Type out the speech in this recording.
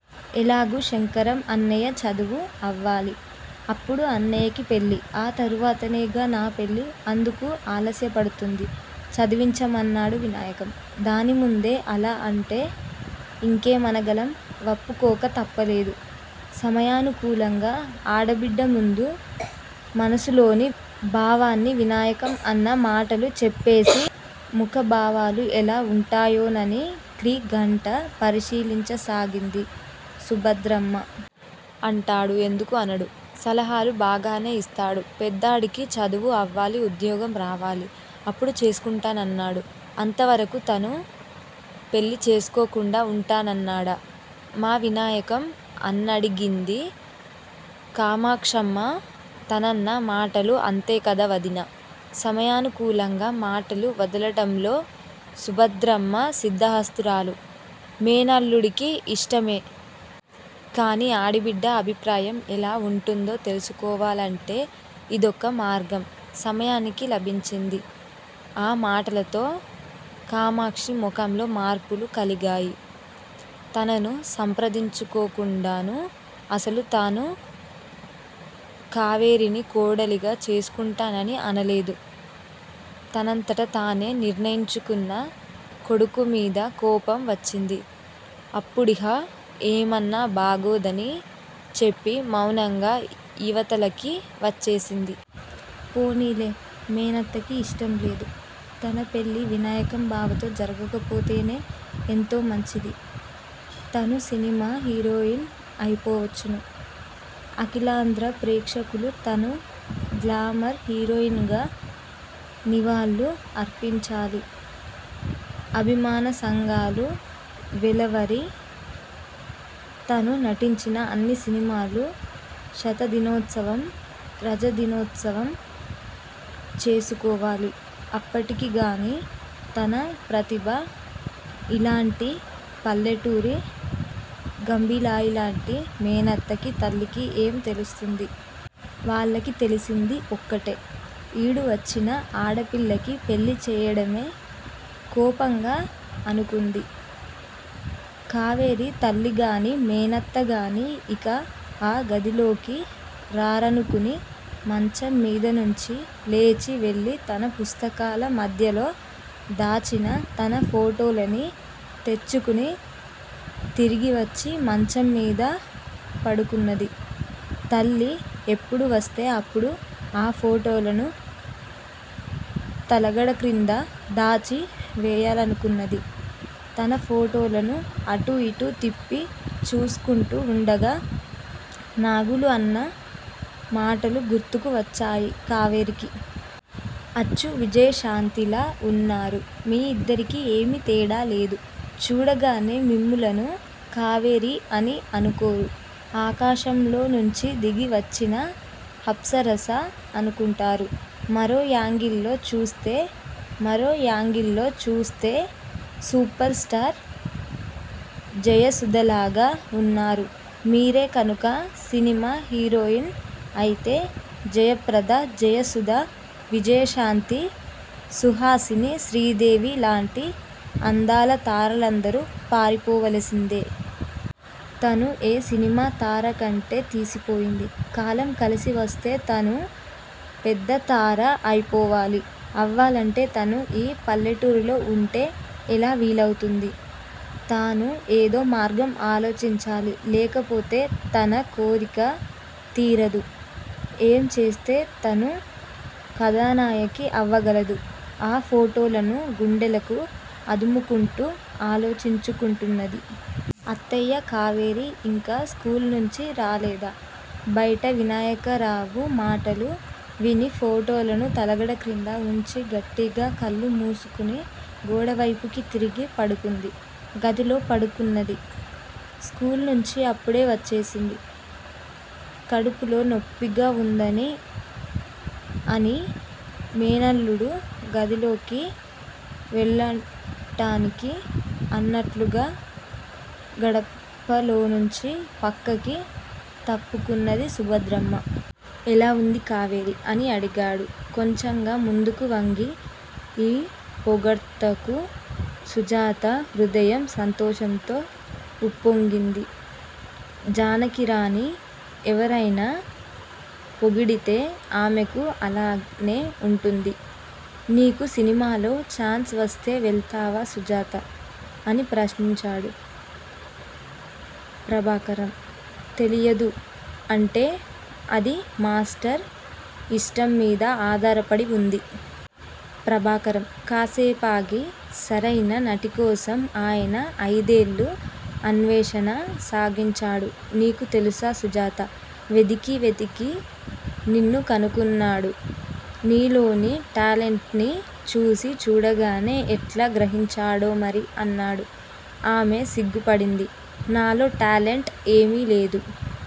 ఎలాగూ శంకరం అన్నయ్య చదువు అవ్వాలి! అప్పుడు అన్నయ్యకి పెళ్ళి ఆ తరువాతనేగా నా పెళ్ళి! అందుకు ఆలస్యంపడుతుంది చదివించమన్నాడు వినాయకం! దానిముందే అలా అంటే యింకేమనగలం? వప్పుకోక తప్పలేదు! సమయానుకూలంగా ఆడబిడ్డముందు మనసులోని భావాన్ని వినాయకం అన్న మాటలూ చెప్పేసి ముఖభావాలు ఎలా వుంటాయోనని క్రీ గంట పరిశీలించసాగింది సుభద్రమ్మ. అంటాడు! ఎందుకు అనడు? సలహాలు బాగానే ఇస్తాడు. పెద్దాడికి చదువు అవ్వాలి! ఉద్యోగం రావాలి! అప్పుడు చేసుకుంటానన్నాడు అంతవరకూ తను పెళ్ళి చేసుకోకుండా వుంటానన్నాడా మా వినాయకం! అనడిగింది కామాక్షమ్మ. తనన్న మాటలు అంతేకదా వదినా! సమయానుకూలంగా మాటలు వదలటంలో సుభద్రమ్మ సిద్దహస్తురాలు! మేనల్లుడికి యిష్టమే! కాని ఆడబిడ్డ అభిప్రాయం ఎలా వుంటుందో తెలుసుకోవాలంటే యిదొక మార్గం సమయానికి లభించింది! ఆ మాటలతో కామాక్షి ముఖంలో మార్పులు కలిగాయి తనను సంప్రదించుకోకుండాను అసలు తను కావేరిని కోడలిగా చేసుకుంటానని అనలేదు! తనంతట తానే నిర్ణయించుకున్న కొడుకుమీద కోపం వచ్చింది అప్పుడిహ ఏమన్నా బాగోదని చెప్పి మౌనంగా యివతలకి వచ్చేసింది. పోనీలే! మేనత్తకి యిష్టంలేదు! తన పెళ్ళి వినాయకం బావతో జరక్కపోతేనే ఎంతోమంచిది! తను సినిమా హీరోయిన్ అయిపోవచ్చును! అఖిలాంధ్ర ప్రేక్షకులు తను గ్లామర్ హీరోయిన్ గా నివాళులు అర్పించాలి! అభిమానసంఘాలు వెలవాలి! తను నటించిన అన్ని సినిమాలూ శతదినోత్సవం, రజదినోత్సవం చేసుకోవాలి! అప్పటికిగాని తన ప్రతిభ యిలాంటి పల్లెటూరి గంబిలాయిలాంటి మేనత్తకి తల్లికి ఏం తెలుస్తుంది? వాళ్ళకి తెలిసింది ఒక్కటే! ఈడు వచ్చిన ఆడపిల్లకి పెళ్ళి చేయటమే! కోపంగా అనుకుంది కావేరి! తల్లిగాని, మేనత్తగాని యింక ఆ గదిలోకి రారనుకుని మంచం మీదనుంచి లేచి వెళ్ళి తన పుస్తకాల మధ్యలో దాచిన తన ఫోటోలని తెచ్చుకుని తిరిగివచ్చి మంచంమీద పడుకున్నది. తల్లి ఎప్పుడు వస్తే అప్పుడు ఆ ఫోటోలను తలగడక్రింద దాచి వేయాలనుకున్నది తన ఫోటోలను అటుయిటు తిప్పి చూసుకుంటూ వుండగా నాగులు అన్న మాటలు గుర్తుకు వచ్చాయి కావేరికి! అచ్చు విజయశాంతిలా వున్నారు మీ యిద్దరికీ ఏమీ తేడా లేదు! చూడగానే మిమ్ములను కావేరి అని అనుకోరు! ఆకాశంలో నుంచి దిగి వచ్చిన అప్సరస అనుకుంటారు! మరో యాంగిల్ లో చూస్తే మరో యాంగిల్ లో చూస్తే సూపర్ స్టార్ జయసుధలాగా వున్నారు. మీరే కనుక సినిమా హీరోయిన్ అయితే జయప్రద-జయసుధ, విజయశాంతి, సుహాసిని, శ్రీదేవి లాంటి అందాలతారలందరూ పారిపోవలసిందే! తను ఏ సినిమాతారకంటే తీసిపోయింది? కాలం కలిసివస్తే తను పెద్దతార అయిపోవాలి! అవ్వాలంటే తను ఈ పల్లెటూరిలో వుంటే ఎలా వీలవుతుంది? తను ఏదో మార్గం ఆలోచించాలి! లేకపోతే తన కోరిక తీరదు! ఏం చేస్తే తను కథానాయకి అవగలదు? ఆ ఫోటోలను గుండెలకు అదుముకుంటూ ఆలోచించుకుంటున్నది! అత్తయ్యా! కావేరి యింకా స్కూలునుంచి రాలేదా? బైట వినాయకరావు మాటలు విని ఫోటోలను తలగడక్రింద వుంచి గట్టిగా కళ్ళు మూసుకుని గోడవైపుకి తిరిగి పడుకుంది. గదిలో పడుకున్నది. స్కూలునుంచి అప్పుడే వచ్చేసింది కడుపులో నొప్పిగా వుందని! అని మేనల్లుడు గదిలోకి వెళ్ళటానికి అన్నట్లుగా గడపలోనుంచి పక్కకి తప్పుకున్నది సుభద్రమ్మ. ఎలావుంది కావేరీ! అనడిగాడు కొంచెంగా ముందుకు వంగి. ఈ పొగడ్తకు సుజాత హృదయం సంతోషంతో ఉప్పొంగింది. జానకిరాంని ఎవరైనా పొగిడితే ఆమెకు అలానే వుంటుంది. నీకు సినిమాలో చాన్స్ వస్తే వెళతావా సుజాతా? అని ప్రశ్నించాడు ప్రభాకరం. తెలియదు. అంటే? అది మాష్టర్ యిష్టంమీద ఆధారపడి వుంది. ప్రభాకరం కాస్సేపాగి సరియైన నటికోసం ఆయన అయిదేళ్ళు అన్వేషణ సాగించాడు. నీకు తెలుసా సుజాతా? వెదికి వెదికి నిన్ను కనుక్కున్నాడు. నీ లోని టాలెంట్ ని చూసీ చూడగానే ఎట్లా గ్రహించాడో మరి అన్నాడు. ఆమె సిగ్గుపడింది నాలో టాలెంట్ ఏమీలేదు.